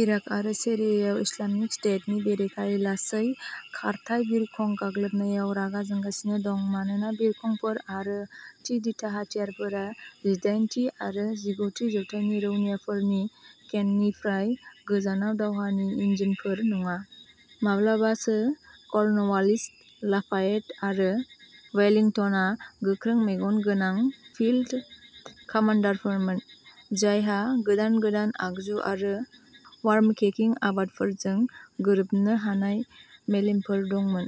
Iraq आरो सीरियायाव Islamic स्टेटनि बेरेखायै लासै खारथाय बिरखं गाग्लोबनायाव रागा जोंगासिनो दं। मानोना बिरखंफोर आरो थि-दिथा हाथियारफोरा जिदायेनथि आरो जिगुथि जौथाइनि रौनियाफोरनि केननिफ्राय गोजानाव दावहानि इन्जिनफोर नङा। माब्लाबासो कर्नवालिस, लाफायेट आरो वेलिंटनआ गोख्रों मेगन गोनां फील्ड कामान्डारफोरमोन, जायहा गोदान गोदान आगजु आरो वार्मकेकिं आदबफोरजों गोरोबनो हानाय मेलेमफोर दंमोन।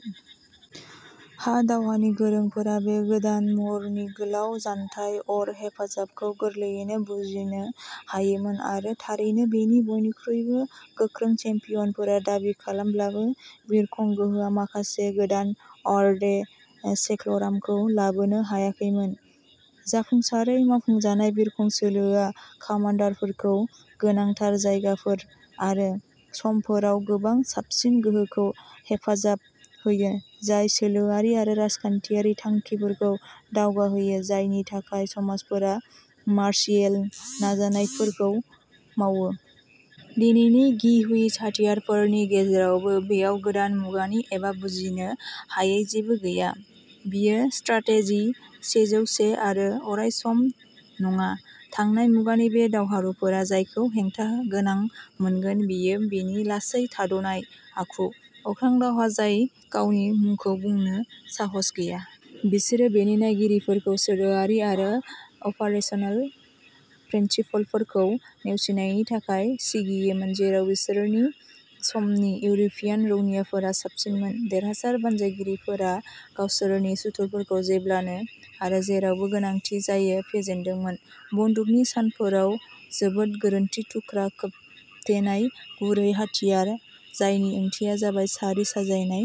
हा दावहानि गोरोंफोरा बे गोदान महरनि गोलाव जानथाय अर हेफाजाबखौ गोरलैयैनो बुजिनो हायोमोन। आरो थारैनो, बेनि बयनिख्रुइबो गोख्रों चेम्पियनफोरा दाबि खालामब्लाबो, बिरखं गोहोआ माखासे गोदान अर्दे सेक्ल'रामखौ लाबोनो हायाखैमोन। जाफुंसारै मावफुंजानाय, बिरखं सोलोआ कामान्डारफोरखौ गोनांथार जायगाफोर आरो समफोराव गोबां साबसिन गोहोखौ हेफाजाब होयो, जाय सोलोआरि आरो राजखान्थियारि थांखिफोरखौ दावगाहोयो जायनि थाखाय समाजफोरा मार्शियेल नाजानायफोरखौ मावो। दिनैनि गि व्हिज हाथियारफोरनि गेजेरावबो, बेयाव गोदान मुगानि एबा बुजिनो हायै जेबो गैया। बेयो स्ट्राटेजि सेजौसे आरो अरायसम नङा थांनाय मुगानि बे दावहारुफोरा जायखौ हेंथा गोनां मोनगोन बेयो बेनि लासै, थाद'नाय आखु। अख्रां दावहा जाय गावनि मुंखौ बुंनो साहस गैया। बिसोरो बेनि नायगिरिफोरखौ सोलोआरि आरो अपारेसनेल प्रिन्सिपलफोरखौ नेवसिनायनि थाखाय सिगियोमोन, जेराव बिसोरनि समनि इउर'पियान रौनियाफोरा साबसिनमोन। देरहासार बानजायगिरिफोरा गावसोरनि सुथुरफोरखौ जेब्लानो आरो जेरावबो गोनांथि जायो, फेजेनदोंमोन। बन्दुकनि सानफोराव जोबोद गोरोन्थि, थुख्रा खोबथेनाय, गुरै हाथियार जायनि ओंथिया जाबाय सारि साजायनाय,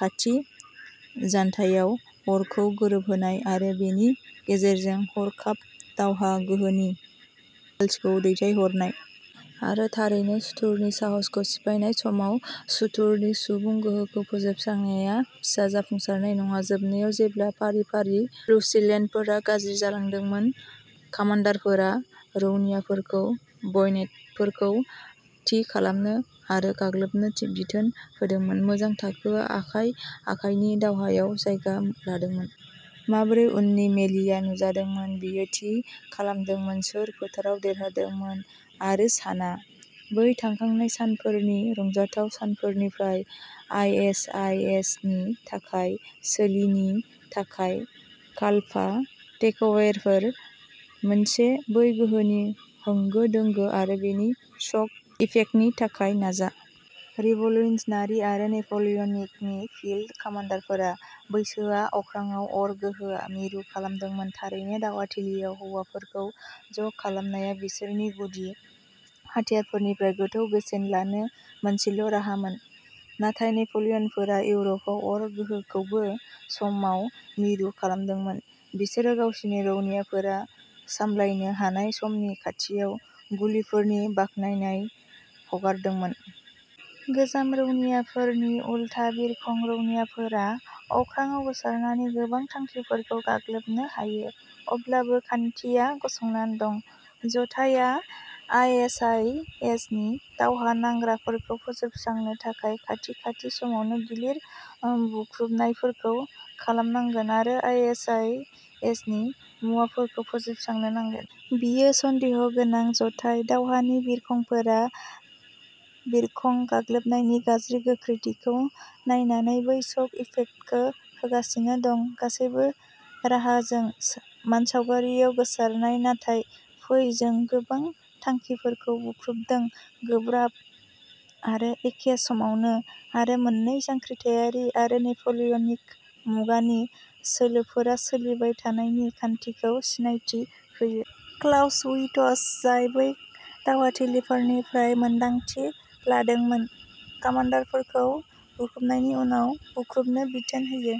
खाथि जानथायाव अरखौ गोरोबहोनाय, आरो बेनि गेजेरजों हरखाब दावहा गोहोनि पाल्सखौ दैथायहरनाय। आरो थारैनो, सुथुरनि साहसखौ सिफायनाय समाव सुथुरनि सुबुं गोहोखौ फोजोबस्रांनाया फिसा जाफुंसारनाय नङा। जोबनायाव, जेब्ला फारि-फारि फ्युसिलेडफोरा गाज्रि जालांदोंमोन, कामान्डारफोरा रौनियाफोरखौ बयनेटफोरखौ थि खालामनो आरो गाग्लोबनो थि बिथोन होदोंमोन। मोजां थाखोआ आखाइ-आखाइनि दावहायाव जायगा लादोंमोन। माबोरै उननि मेलिआ नुजादोंमोन बेयो थि खालामदोंमोन सोर फोथाराव देरहादोंमोन आरो साना। बै थांखांनाय सानफोरनि रंजाथाव सानफोरनिफ्राय आइ एस आइ एस नि थाखाय सोलिनि थाखाय काप्ला टेकअवेफोर। मोनसे, बै गोहोनि होंगो दोंगो आरो बेनि शक इफेक्टनि थाखाय नाजा। रिभ'ल्युश'नारि आरो नेप'लिय'निकनि फील्ड कामान्डारफोर। बैसोआ अख्राङाव अर गोहो मिरु खालामदोंमोन, थारैनो। दावहाथिलियाव हौवाफोरखौ ज'खालामनाया बिसोरनि गुदि हाथियारफोरनिफ्राय गोथौ बेसेन लानो मोनसेल' राहामोन। नाथाय नेप'लियनफोरा इउर'पआव अर गोहोखौबो समाव मिरु खालामदोंमोन। बिसोरो गावसिनि रौनियाफोरा सामलायनो हानाय समनि खाथियाव गुलिफोरनि बाख्नायनाय हगारदोंमोन। गोजाम रौनियाफोरनि उलथा, बिरखं रौनियाफोरा अख्राङाव गोसारनानै गोबां थांखिफोरखौ गाग्लोबनो हायो। अब्लाबो खान्थिया गसंना दं। जथाइया आइ एस आइ एस नि दावहा नांग्राफोरखौ फोजोबस्रांनो थाखाय खाथि-खाथि समावनो गिलिर बुख्रुनायफोरखौ खालामनांगोन आरो आइ एस आइ एस नि मुवाफोरखौ फोजोबस्रांनो नांगोन। बेयो सन्देह गोनां जथाइ दावहानि बिरखंफोरा बिरखं गाग्लोबनायनि गाज्रि गोख्रैथिखौ नायनानै बै शक इफेक्टखौ होगासिनो दं। गासैबो राहाजों मानसावगारियाव गोसारनाय, नाथाय फै जों गोबां थांखिफोरखौ बुख्रुबदों, गोब्राब, आरो एखे समावनो। आरो मोननै, जांख्रिथायारि आरो नेप'लियनिक मुगानि सोलोफोरा सोलिबाय थानाय नि खान्थिखौ सिनायथि होयो। क्लाउसविट्ज, जाय बै दावहाथिलिफोरनिफ्राय मोनदांथि लादोंमोन, कामान्डारफोरखौ बुख्रुबनायनि उनाव बुख्रुबनो बिथोन होयो।